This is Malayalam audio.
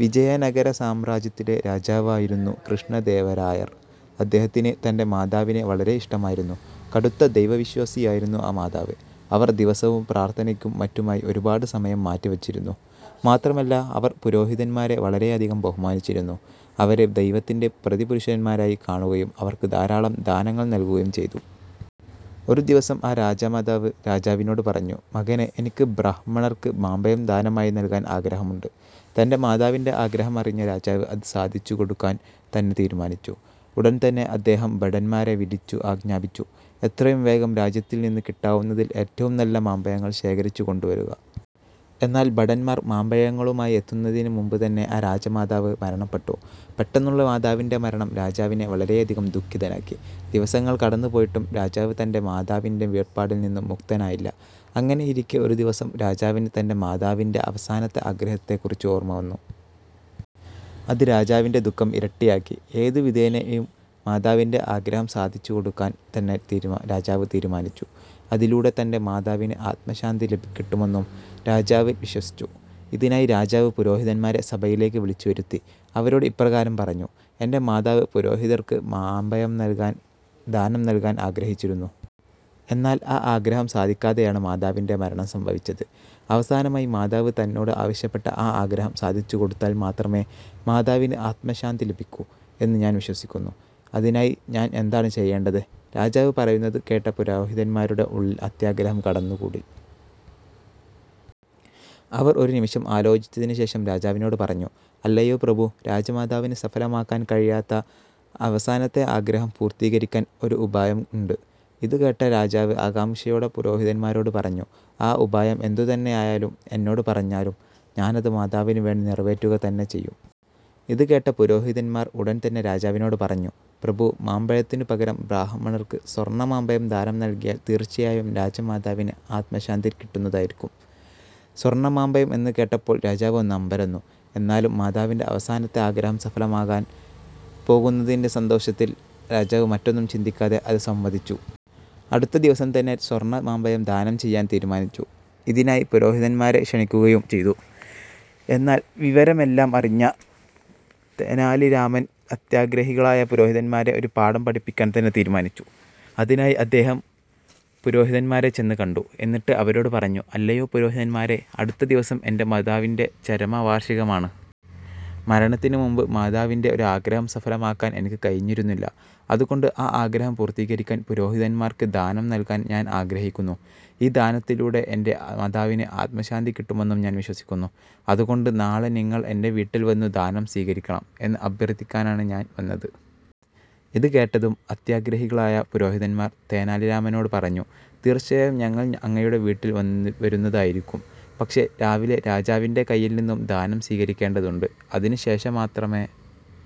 വിജയനഗര സാമ്രാജ്യത്തിലെ രാജാവായിരുന്നു കൃഷ്ണദേവരായർ. അദ്ദേഹത്തിന് തൻ്റെ മാതാവിനെ വളരെ ഇഷ്ടമായിരുന്നു. കടുത്ത ദൈവ വിശ്വാസിയായിരുന്നു ആ മാതാവ്. അവർ ദിവസവും പ്രാർത്ഥനയ്ക്കും മറ്റുമായി ഒരുപാട് സമയം മാറ്റി വച്ചിരുന്നു. മാത്രമല്ല അവർ പുരോഹിതന്മാരെ വളരെയധികം ബഹുമാനിച്ചിരുന്നു. അവരെ ദൈവത്തിന്റെ പ്രതിപുരുഷന്മാരായി കാണുകയും അവർക്ക് ധാരാളം ദാനങ്ങൾ നല്കുകയും ചെയ്തു. ഒരു ദിവസം ആ രാജമാതാവ് രാജാവിനോട് പറഞ്ഞു "മകനെ, എനിക്ക് ബ്രാഹ്മണർക്ക് മാമ്പഴം ദാനമായി നൽകാൻ ആഗ്രഹമുണ്ട്. " തൻ്റെ മാതാവിൻ്റെ ആഗ്രഹം അറിഞ്ഞ രാജാവ് അത് സാധിച്ചു കൊടുക്കാൻ തന്നെ തീരുമാനിച്ചു. ഉടൻതന്നെ അദ്ദേഹം ഭടന്മാരെ വിളിച്ചു ആഞ്ജാപിച്ചു. "എത്രയും വേഗം രാജ്യത്തിൽ നിന്ന് കിട്ടാവുന്നതിൽ ഏറ്റവും നല്ല മാമ്പഴങ്ങൾ ശേഖരിച്ചു കൊണ്ടുവരുക. " എന്നാൽ ഭടന്മാർ മാമ്പഴങ്ങളുമായി എത്തുന്നതിനു മുൻപ് തന്നെ ആ രാജമാതാവ് മരണപ്പെട്ടു. പെട്ടെന്നുള്ള മാതാവിൻ്റെ മരണം രാജാവിനെ വളരെയധികം ദുഃഖിതനാക്കി. ദിവസങ്ങൾ കടന്നു പോയിട്ടും രാജാവ് തൻ്റെ മാതാവിൻ്റെ വേർപാടിൽ നിന്നും മുക്തനായില്ല. അങ്ങനെയിരിക്കെ ഒരു ദിവസം രാജാവിന് തൻ്റെ മാതാവിൻ്റെ അവസാനത്തെ ആഗ്രഹത്തെക്കുറിച്ച് ഓർമ വന്നു. അത് രാജാവിൻ്റെ ദുഃഖം ഇരട്ടിയാക്കി. ഏതു വിധേനയും മാതാവിൻ്റെ ആഗ്രഹം സാധിച്ചു കൊടുക്കാൻ തന്നെ രാജാവ് തീരുമാനിച്ചു. അതിലൂടെ തൻ്റെ മാതാവിന് അത്മശാന്തി കിട്ടുമെന്നും രാജാവ് വിശ്വസിച്ചു. ഇതിനായി രാജാവ് പുരോഹിതന്മാരെ സഭയിലേക്ക് വിളിച്ചു വരുത്തി. ആവരോട് ഇപ്രകാരം പറഞ്ഞു. "എന്റെ മാതാവ് പുരോഹിതർക്ക് മാമ്പഴം ദാനം നൽകാൻ ആഗ്രഹിച്ചിരുന്നു. എന്നാൽ ആ ആഗ്രഹം സാധിക്കാതെയാണ് മാതാവിൻ്റെ മരണം സംഭവിച്ചത്. അവസാനമായി മാതാവ് തന്നോട് ആവശ്യപ്പെട്ട ആ ആഗ്രഹം സാധിച്ചു കൊടുത്താൽ മാത്രമേ മാതാവിന് ആത്മശാന്തി ലഭിക്കൂ എന്നു ഞാൻ വിശ്വസിക്കുന്നു. അതിനായി ഞാൻ എന്താണ് ചെയ്യേണ്ടത്? " രാജാവ് പറയുന്നത് കേട്ട പുരോഹിതന്മാരുടെ ഉള്ളിൽ അത്യാഗ്രഹം കടന്നുകൂടി. അവർ ഒരു നിമിഷം ആലോചിച്ചതിനു ശേഷം രാജാവിനോട് പറഞ്ഞു "അല്ലയോ പ്രഭു, രാജമാതാവിന് സഫലമാക്കാൻ കഴിയാത്ത അവസാനത്തെ ആഗ്രഹം പൂർത്തീകരിക്കാൻ ഒരു ഉപായം ഉണ്ട് " ഇതുകേട്ട രാജാവ് ആകാംഷയോടെ പുരോഹിതന്മാരോട് പറഞ്ഞു "ആ ഉപായം എന്തു തന്നെയായാലും എന്നോട് പറഞ്ഞാലും. ഞാനത് മാതാവിന് വേണ്ടി നിറവേറ്റുക തന്നെ ചെയ്യും. " ഇതുകേട്ട പുരോഹിതന്മാർ ഉടൻതന്നെ രാജാവിനോട് പറഞ്ഞു "പ്രഭു, മാമ്പഴത്തിനു പകരം ബ്രാഹ്മണർക്ക് സ്വർണ മാമ്പഴം ദാനം നൽകിയാൽ തീർച്ചയായും രാജമാതാവിന് അത്മശാന്തി കിട്ടുന്നതായിരിക്കും. " സ്വർണ മാമ്പഴം എന്ന് കേട്ടപ്പോൾ രാജാവ് ഒന്ന് അമ്പരന്നു. എന്നാലും മാതാവിൻ്റെ അവസാനത്തെ ആഗ്രഹം സഫലമാകാൻ പോകുന്നതിന്റെ സന്തോഷത്തിൽ രാജാവ് മറ്റൊന്നും ചിന്തിക്കാതെ അതു സമ്മതിച്ചു. അടുത്ത ദിവസം തന്നെ സ്വർണ മാമ്പഴം ദാനം ചെയ്യാൻ തീരുമാനിച്ചു. ഇതിനായി പുരോഹിതന്മാരെ ക്ഷണിക്കുകയും ചെയ്തു. എന്നാൽ വിവരമെല്ലാം അറിഞ്ഞ തെനാലിരാമൻ അത്യാഗ്രഹികളായ പുരോഹിതന്മാരെ ഒരു പാഠം പഠിപ്പിക്കാൻ തന്നെ തീരുമാനിച്ചു. അതിനായി അദ്ദേഹം പുരോഹിതന്മാരെ ചെന്നു കണ്ടു. എന്നിട്ട് അവരോട് പറഞ്ഞു "അല്ലയോ പുരോഹിതന്മാരെ അടുത്ത ദിവസം എന്റെ മാതാവിൻ്റെ ചരമവാർഷികമാണ്. മരണത്തിനു മുൻപ് മാതാവിൻ്റെ ഒരു ആഗ്രഹം സഫലമാക്കാൻ എനിക്ക് കഴിഞ്ഞിരുന്നില്ല. അതുകൊണ്ട് ആ ആഗ്രഹം പൂർത്തീകരിക്കാൻ പുരോഹിതന്മാർക്ക് ദാനം നൽകാൻ ഞാൻ ആഗ്രഹിക്കുന്നു. ഈ ദാനത്തിലൂടെ എൻ്റെ മാതാവിന് ആത്മശാന്തി കിട്ടുമെന്നും ഞാൻ വിശ്വസിക്കുന്നു. അതുകൊണ്ട് നാളെ നിങ്ങൾ എന്റ വീട്ടിൽ വന്നു ദാനം സ്വീകരിക്കണം എന്ന് അഭ്യർഥിക്കാനാണ് ഞാൻ വന്നത്. " ഇതു കേട്ടതും അത്യാഗ്രഹികളായ പുരോഹിതന്മാർ തെനാലിരാമനോട് പറഞ്ഞു "തീർച്ചയായും ഞങ്ങൾ അങ്ങയുടെ വീട്ടിൽ വരുന്നതായിരിക്കും. പക്ഷെ രാവിലെ രാജാവിന്റെ കൈയിൽനിന്നും ദാനം സ്വീകരിക്കേണ്ടതുണ്ട്. അതിനു ശേഷം മാത്രമേ